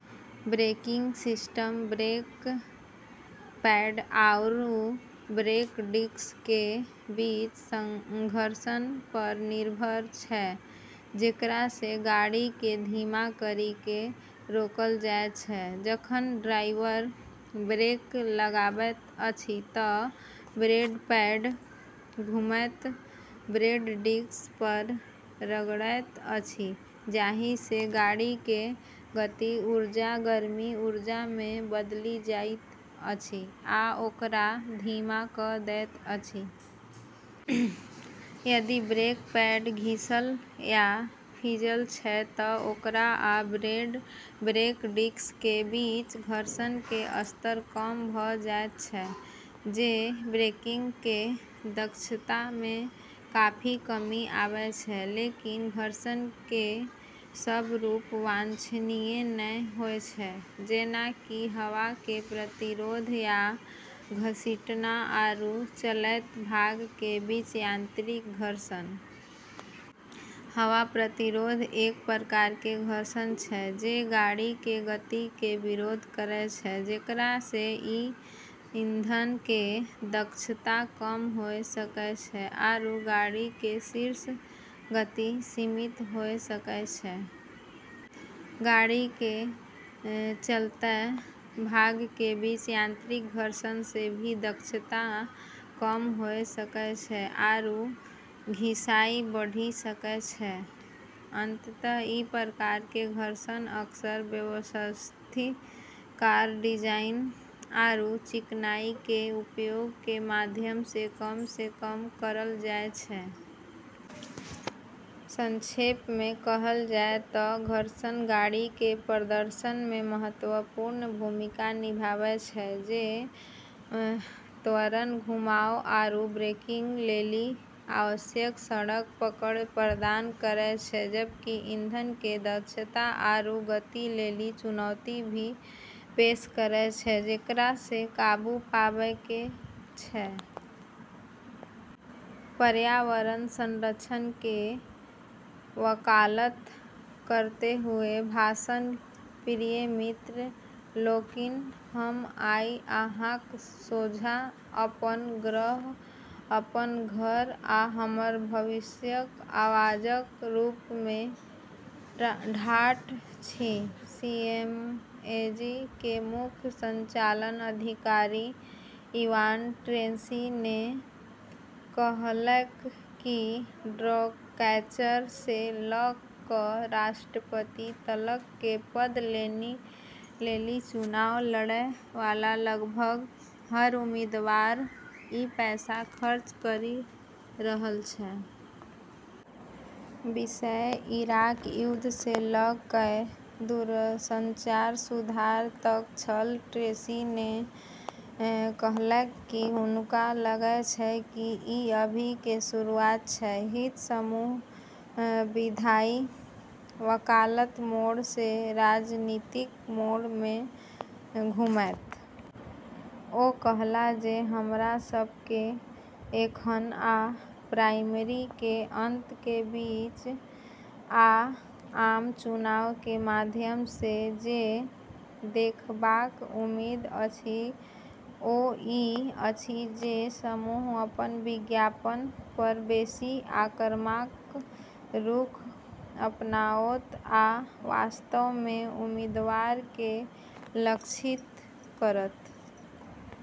Breaking system brake pad आरू brake disc के बीच घर्षण पर निर्भर छै जेकरा से गाड़ी के धीमा करी के रोकल जाय छै। जखन ड्राइवर ब्रेक लगाबैत अछि त ब्रेक पैड घूमैत ब्रेक डिस्क पर रगड़ैत अछि, जाहि से गाड़ी के गतिज ऊर्जा गर्मी ऊर्जा में बदलि जाइत अछि आ ओकरा धीमा क दैत अछि। यदि ब्रेक पैड घिसल या भीजल छै त ओकरा आ ब्रेक डिस्क के बीच घर्षण के स्तर कम भ जायत छै, जे ब्रेकिंग के दक्षता में काफी कमी आबै छै। लेकिन घर्षण के सब रूप वांछनीय नै होय छै, जेना कि हवा के प्रतिरोध या "घसीटना" आरू चलैत भाग के बीच यांत्रिक घर्षण। हवा प्रतिरोध एक प्रकार के घर्षण छै जे गाड़ी के गति के विरोध करै छै, जेकरा से ईंधन के दक्षता कम होय सकै छै आरू गाड़ी के शीर्ष गति सीमित होय सकै छै। गाड़ी के चलैत भाग के बीच यांत्रिक घर्षण से भी दक्षता कम होय सकै छै आरू घिसाई बढ़ी सकै छै। अतः ई प्रकार के घर्षण अक्सर सुव्यवस्थित कार डिजाइन आरू चिकनाई के उपयोग के माध्यम से कम से कम करल जाय छै। संक्षेप में कहल जाय त घर्षण गाड़ी के प्रदर्शन में महत्वपूर्ण भूमिका निभाबै छै, जे त्वरण, घुमाव, आरू ब्रेकिंग लेली आवश्यक सड़क पकड़ प्रदान करै छै जबकि ईंधन के दक्षता आरू गति लेली चुनौती भी पेश करै छै जेकरा से काबू पाबै के छै। पर्यावरण संरक्षण के वकालत करते हुए भाषण। प्रिय मित्र लोकनि, हम आइ अहाँक सोझाँ अपन ग्रह, अपन घर, आ हमर भविष्यक आवाजक रूप में ठाढ़ छी। सीएमएजी के मुख्य संचालन अधिकारी इवान ट्रेसी ने कहलकै कि डॉगकैचर से ल क राष्ट्रपति तलक के पद लेली चुनाव लड़ै वाला लगभग हर उम्मीदवार ई पैसा खर्च करी रहल छै। विषय इराक युद्ध से ल कए दूरसंचार सुधार तक छल। ट्रेसी ने कहलकै कि हुनका लगै छै कि ई अभी के शुरुआत छै हित समूह "विधायी वकालत मोड से राजनीतिक मोड में घुमैत।" ओ कहला जे हमरा सब के एखन आ प्राइमरी के अंत के बीच, आ आम चुनाव के माध्यम से जे देखबाक उम्मीद अछि, ओ इ अछि जे समूह अपन विज्ञापन पर बेसी आक्रामक रुख अपनाओत आ वास्तव में उम्मीदवार के लक्षित करत।